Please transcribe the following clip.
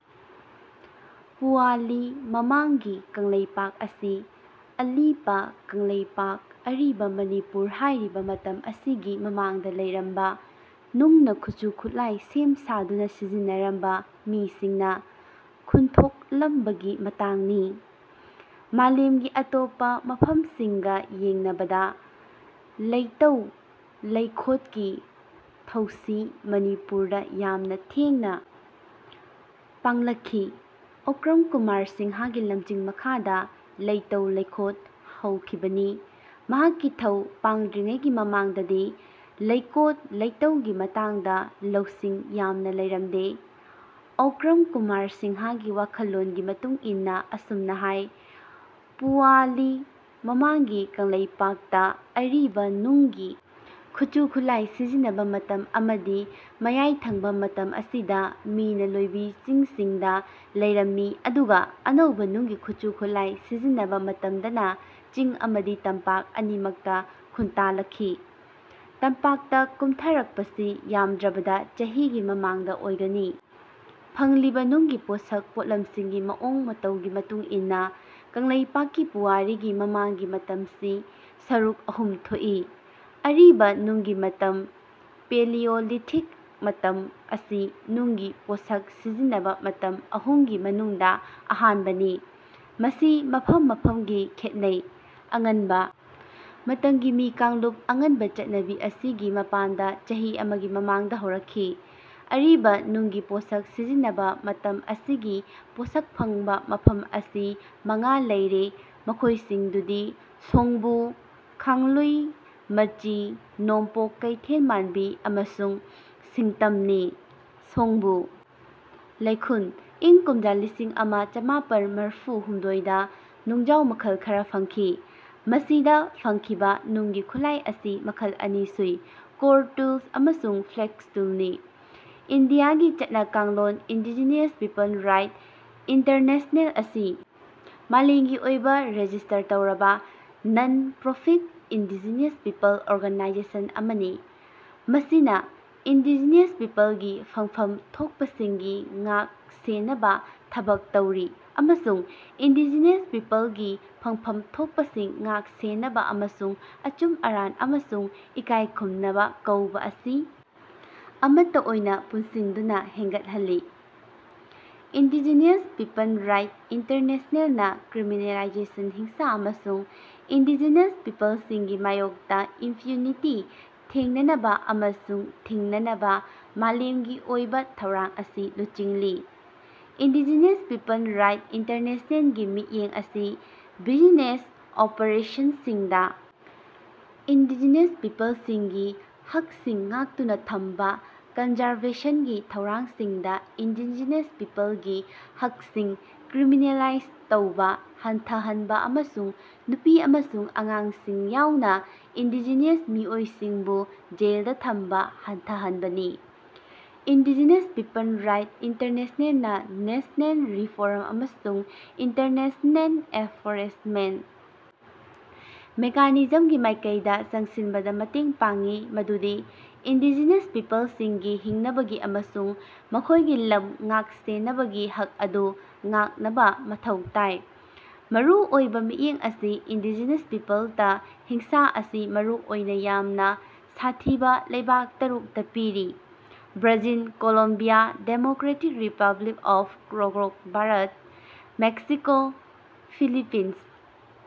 ꯄꯨꯋꯥꯂꯤ ꯃꯃꯥꯡꯀꯤ ꯀꯪꯂꯩꯄꯥꯛ ꯑꯁꯤ ꯑꯂꯤꯄ ꯀꯪꯂꯩꯄꯥꯛ ꯑꯔꯤꯕ ꯃꯅꯤꯄꯨꯔ ꯍꯥꯢꯔꯤꯕ ꯃꯇꯝ ꯑꯁꯤꯒꯤ ꯃꯃꯥꯡꯗ ꯂꯩꯔꯝꯕ ꯅꯨꯡꯅ ꯈꯨꯠꯁꯨ ꯈꯨꯠꯂꯥꯢ ꯁꯦꯝ ꯁꯥꯗꯨꯅ ꯁꯤꯖꯤꯟꯅꯔꯝꯕ ꯃꯤꯁꯤꯡꯅ ꯈꯨꯟꯊꯣꯛꯂꯝꯕꯒꯤ ꯃꯇꯥꯡꯅꯤ꯫ ꯃꯥꯂꯦꯝꯒꯤ ꯑꯇꯣꯞꯄ ꯃꯐꯝꯁꯤꯡꯒ ꯌꯦꯡꯅꯕꯗ ꯂꯩꯇꯧ ꯂꯩꯈꯣꯠ ꯀꯤ ꯊꯧꯁꯤ ꯃꯅꯤꯄꯨꯔꯗ ꯌꯥꯝꯅ ꯊꯦꯡꯅ ꯄꯥꯡꯂꯛꯈꯤ꯫ ꯑꯣꯀ꯭ꯔꯝ ꯀꯨꯃꯥꯔ ꯁꯤꯡꯍꯒꯤ ꯂꯝꯖꯤꯡ ꯃꯈꯥꯗ ꯂꯩꯇꯧ ꯂꯩꯈꯣꯠ ꯍꯧꯈꯤꯕꯅꯤ꯫ ꯃꯍꯥꯛꯀꯤ ꯊꯧ ꯄꯥꯡꯗ꯭ꯔꯤꯉꯩꯒꯤ ꯃꯃꯥꯡꯗꯗꯤ ꯂꯩꯀꯣꯠ ꯂꯩꯇꯧꯒꯤ ꯃꯇꯥꯡꯗ ꯂꯧꯁꯤꯡ ꯌꯥꯝꯅ ꯂꯩꯔꯝꯗꯦ꯫ ꯑꯣꯀ꯭ꯔꯝ ꯀꯨꯃꯥꯔ ꯁꯤꯡꯍ ꯒꯤ ꯋꯥꯈꯜꯂꯣꯟꯒꯤ ꯃꯇꯨꯡꯏꯟꯅ ꯑꯁꯨꯝꯅ ꯍꯥꯢ ꯄꯨꯋꯥꯂꯤ ꯃꯃꯥꯡꯀꯤ ꯀꯪꯂꯩꯄꯥꯛ ꯇ ꯑꯔꯤꯕ ꯅꯨꯡꯒꯤ ꯈꯨꯠꯁꯨ ꯈꯨꯠꯂꯥꯢ ꯁꯤꯖꯤꯟꯅꯕ ꯃꯇꯝ ꯑꯃꯗꯤ ꯃꯌꯥꯢ ꯊꯪꯕ ꯃꯇꯝ ꯑꯁꯤꯗ ꯃꯤꯅ ꯂꯣꯢꯕꯤ ꯆꯤꯡꯁꯤꯡꯗ ꯂꯩꯔꯝꯃꯤ ꯑꯗꯨꯒ ꯑꯅꯧꯕ ꯅꯨꯡꯒꯤ ꯈꯨꯠꯁꯨ ꯈꯨꯠꯂꯥꯢ ꯁꯤꯖꯤꯟꯅꯕ ꯃꯇꯝꯗꯅ ꯆꯤꯡ ꯑꯃꯗꯤ ꯇꯝꯄꯥꯛ ꯑꯅꯤꯃꯛꯇ ꯈꯨꯟꯇꯥꯂꯜꯈꯤ꯫ ꯇꯝꯄꯥꯛ ꯇ ꯀꯨꯝꯊꯔꯛꯄꯁꯤ ꯌꯥꯝꯗ꯭ꯔꯕꯗ ꯆꯍꯤ ꯒꯤ ꯃꯃꯥꯡꯗ ꯑꯣꯢꯒꯅꯤ꯫ ꯐꯪꯂꯤꯕ ꯅꯨꯡꯒꯤ ꯄꯣꯠꯁꯛ ꯄꯣꯠꯂꯝꯁꯤꯡꯒꯤ ꯃꯑꯣꯡ ꯃꯇꯧꯒꯤ ꯃꯇꯨꯡꯏꯟꯅ ꯀꯪꯂꯩꯄꯥꯛꯀꯤ ꯄꯨꯋꯥꯔꯤꯒꯤ ꯃꯃꯥꯡꯒꯤ ꯃꯇꯝꯁꯤ ꯁꯔꯨꯛ ꯑꯍꯨꯝ ꯊꯣꯛꯏ꯫ ꯑꯔꯤꯕ ꯅꯨꯡꯒꯤ ꯃꯇꯝ ꯄꯦꯂꯤꯌꯣꯂꯤꯊꯤꯛ ꯃꯇꯝ ꯑꯁꯤ ꯅꯨꯡꯒꯤ ꯄꯣꯠꯁꯛ ꯁꯤꯖꯤꯟꯅꯕ ꯃꯇꯝ ꯑꯍꯨꯝꯒꯤ ꯃꯅꯨꯡꯗ ꯑꯍꯥꯟꯕ ꯅꯤ꯫ ꯃꯁꯤ ꯃꯐꯝ ꯃꯐꯝꯒꯤ ꯈꯦꯠꯅꯩ꯫ ꯑꯉꯟꯕ ꯃꯇꯝꯒꯤ ꯃꯤ ꯀꯥꯡꯂꯨꯞ ꯑꯉꯟꯕ ꯆꯠꯅꯕꯤ ꯑꯁꯤ ꯒꯤ ꯃꯄꯥꯟꯗ ꯆꯍꯤ ꯒꯤ ꯃꯃꯥꯡꯗ ꯍꯧꯔꯛꯈꯤ꯫ ꯑꯔꯤꯕ ꯅꯨꯡꯒꯤ ꯄꯣꯠꯁꯛ ꯁꯤꯖꯤꯟꯅꯕ ꯃꯇꯝ ꯑꯁꯤꯒꯤ ꯄꯣꯠꯁꯛ ꯐꯪꯕ ꯃꯐꯝ ꯑꯁꯤ ꯃꯉꯥ ꯂꯩꯔꯦ ꯃꯈꯣꯢꯁꯤꯡꯗꯨꯗꯤ ꯁꯣꯡꯕꯨ ꯈꯥꯡꯂꯨꯏ ꯃꯆꯤ ꯅꯣꯡꯄꯣꯛ ꯀꯩꯊꯦꯜꯃꯥꯟꯕꯤ ꯑꯃꯁꯨꯡ ꯁꯤꯡꯇꯝꯅꯤ꯫ ꯁꯣꯡꯕꯨ ꯂꯩꯈꯨꯟ ꯏꯪ ꯀꯨꯝꯖꯥ ꯂꯤꯁꯤꯡ ꯑꯃ ꯆꯃꯥꯄꯟ ꯃꯔꯐꯨ ꯍꯨꯝꯗꯣꯏꯗ ꯅꯨꯡꯖꯥꯎ ꯃꯈꯜ ꯈꯔꯥ ꯐꯪꯈꯤ꯫ ꯃꯁꯤꯗ ꯐꯪꯈꯤꯕ ꯅꯨꯡꯒꯤ ꯈꯨꯠꯂꯥꯏ ꯑꯁꯤ ꯃꯈꯜ ꯑꯅꯤ ꯁꯨꯏ ꯀꯣꯔ ꯇꯨꯜꯁ ꯑꯃꯁꯨꯡ ꯐ꯭ꯂꯦꯛ ꯇꯨꯜꯁꯅꯤ꯫ ꯏꯟꯗꯤꯌꯥꯒꯤ ꯆꯠꯅ ꯀꯥꯡꯂꯣꯟ ꯏꯟꯗꯤꯖꯤꯅꯁ ꯄꯤꯄꯟ ꯔꯥꯏꯠꯁ ꯏꯟꯇꯔꯅꯦꯁꯅꯦꯜ ꯑꯁꯤ ꯃꯥꯂꯦꯝꯒꯤ ꯑꯣꯏꯕ ꯔꯦꯖꯤꯁ꯭ꯇꯔ ꯇꯧꯔꯕ non profit indigenous people organisation ꯑꯃꯅꯤ꯫ ꯃꯁꯤꯅ ꯏꯟꯗꯤꯖꯤꯅꯁ ꯄꯤꯄꯜꯒꯤ ꯐꯪꯐꯝ ꯊꯣꯛꯄꯁꯤꯡꯒꯤ ꯉꯥꯛ ꯁꯦꯟꯅꯕ ꯊꯕꯛ ꯇꯧꯔꯤ ꯑꯃꯁꯨꯡ ꯏꯟꯗꯤꯖꯤꯅꯁ ꯄꯤꯄꯜꯀꯤ ꯐꯪꯐꯝ ꯊꯣꯛꯄꯁꯤꯡ ꯉꯥꯛ ꯁꯦꯟꯅꯕ ꯑꯃꯁꯨꯡ ꯑꯆꯨꯝ ꯑꯔꯥꯟ ꯑꯃꯁꯨꯡ ꯏꯀꯥꯏꯈꯨꯝꯅꯕ ꯀꯧꯕ ꯑꯁꯤ ꯑꯃꯠꯇ ꯑꯣꯏꯅ ꯄꯨꯟꯁꯤꯟꯗꯨꯅ ꯍꯦꯟꯒꯠꯍꯜꯂꯤ꯫ ꯏꯟꯗꯤꯖꯤꯅꯁ ꯄꯤꯄꯟ ꯔꯥꯏꯠꯁ ꯏꯟꯇꯔꯅꯦꯁꯅꯦꯜ ꯅꯥ ꯀ꯭ꯔꯤꯃꯤꯅꯦꯂꯥꯏꯖꯦꯁꯟ ꯍꯤꯡꯁꯥ ꯑꯃꯁꯨꯡ ꯏꯟꯗꯤꯖꯦꯅꯁ ꯄꯤꯄꯜꯁꯤꯡꯒꯤ ꯃꯥꯌꯣꯛꯇꯥ ꯏꯝꯄ꯭ꯌꯨꯅꯤꯇꯤ ꯊꯦꯡꯅꯅꯕꯥ ꯑꯃꯁꯨꯡ ꯊꯤꯡꯅꯕꯥ ꯃꯥꯂꯦꯝꯒꯤ ꯑꯣꯏꯕꯥ ꯊꯧꯔꯥꯡ ꯑꯁꯤ ꯂꯨꯆꯤꯡꯂꯤ꯫ ꯏꯟꯗꯤꯖꯤꯅꯁ ꯄꯤꯄꯟ ꯔꯥꯏꯠꯁ ꯏꯟꯇꯔꯅꯦꯁꯅꯦꯜ ꯒꯤ ꯃꯤꯠꯌꯦꯡ ꯑꯁꯤ ꯕꯤꯖꯤꯅꯦꯁ ꯑꯣꯄꯔꯦꯁꯟꯁꯤꯡꯗꯥ ꯏꯟꯗꯤꯖꯤꯅꯁ ꯄꯤꯄꯜꯁꯤꯡꯒꯤ ꯍꯛꯁꯤꯡ ꯉꯥꯛꯇꯨꯅꯥ ꯊꯝꯕꯥ ꯀꯟꯖꯔꯕꯦꯁꯟꯒꯤ ꯊꯧꯔꯥꯡꯁꯤꯡꯗꯥ ꯏꯟꯗꯤꯖꯤꯅꯁ ꯄꯤꯄꯜꯁꯤꯡꯒꯤ ꯍꯛꯁꯤꯡ ꯀ꯭ꯔꯤꯃꯤꯅꯦꯂꯥꯏꯖ ꯇꯧꯕꯥ ꯍꯟꯊꯍꯟꯕꯥ ꯑꯃꯁꯨꯡ ꯅꯨꯄꯤ ꯑꯃꯁꯨꯡ ꯑꯉꯥꯡꯁꯤꯡ ꯌꯥꯎꯅꯥ ꯏꯟꯗꯤꯖꯤꯅꯁ ꯃꯤꯑꯣꯏꯁꯤꯡꯕꯨ ꯖꯦꯜꯗꯥ ꯊꯝꯕꯥ ꯍꯟꯊꯍꯟꯕꯅꯤ꯫ ꯏꯟꯗꯤꯖꯤꯅꯁ ꯄꯤꯄꯟ ꯔꯥꯏꯠꯁ ꯏꯟꯇꯔꯅꯦꯁꯅꯦꯜ ꯅꯥ ꯅꯦꯁꯅꯦꯜ ꯔꯤꯐꯣꯔꯝꯁꯤꯡ ꯑꯃꯁꯨꯡ ꯏꯟꯇꯔꯅꯦꯁꯅꯦꯜ ꯑꯦꯐꯣꯔꯦꯁꯃꯦꯟꯠ ꯃꯦꯀꯥꯅꯤꯖꯝꯁꯤꯡꯒꯤ ꯃꯥꯏꯀꯩꯗꯥ ꯆꯪꯁꯤꯟꯕꯗꯥ ꯃꯇꯦꯡ ꯄꯥꯡꯏ ꯃꯗꯨꯗꯤ ꯏꯟꯗꯤꯖꯤꯅꯁ ꯄꯤꯄꯜꯁꯤꯡꯒꯤ ꯍꯤꯡꯅꯕꯒꯤ ꯑꯃꯁꯨꯡ ꯃꯈꯣꯏꯒꯤ ꯂꯝ ꯉꯥꯛ ꯁꯦꯅꯕꯒꯤ ꯍꯛ ꯑꯗꯨ ꯉꯥꯛꯅꯕꯥ ꯃꯊꯧ ꯇꯥꯏ꯫ ꯃꯔꯨꯑꯣꯏꯕꯥ ꯃꯤꯠꯌꯦꯡ ꯑꯁꯤ ꯏꯟꯗꯤꯖꯤꯅꯁ ꯄꯤꯄꯜꯁꯇꯥ ꯍꯤꯡꯁꯥ ꯑꯁꯤ ꯃꯔꯨꯑꯣꯏꯅꯥ ꯌꯥꯝꯅꯥ ꯁꯥꯊꯤꯕꯥ ꯂꯩꯕꯥꯛ ꯇꯔꯨꯛꯇꯥ ꯄꯤꯔꯤ Brazil Colombia Democratic Republic of ꯀꯣꯒ꯭ꯔꯣꯠ ꯚꯥꯔꯠ ꯃꯦꯛꯁꯤꯀꯣ ꯐꯤꯂꯤꯄꯤꯟꯁ꯫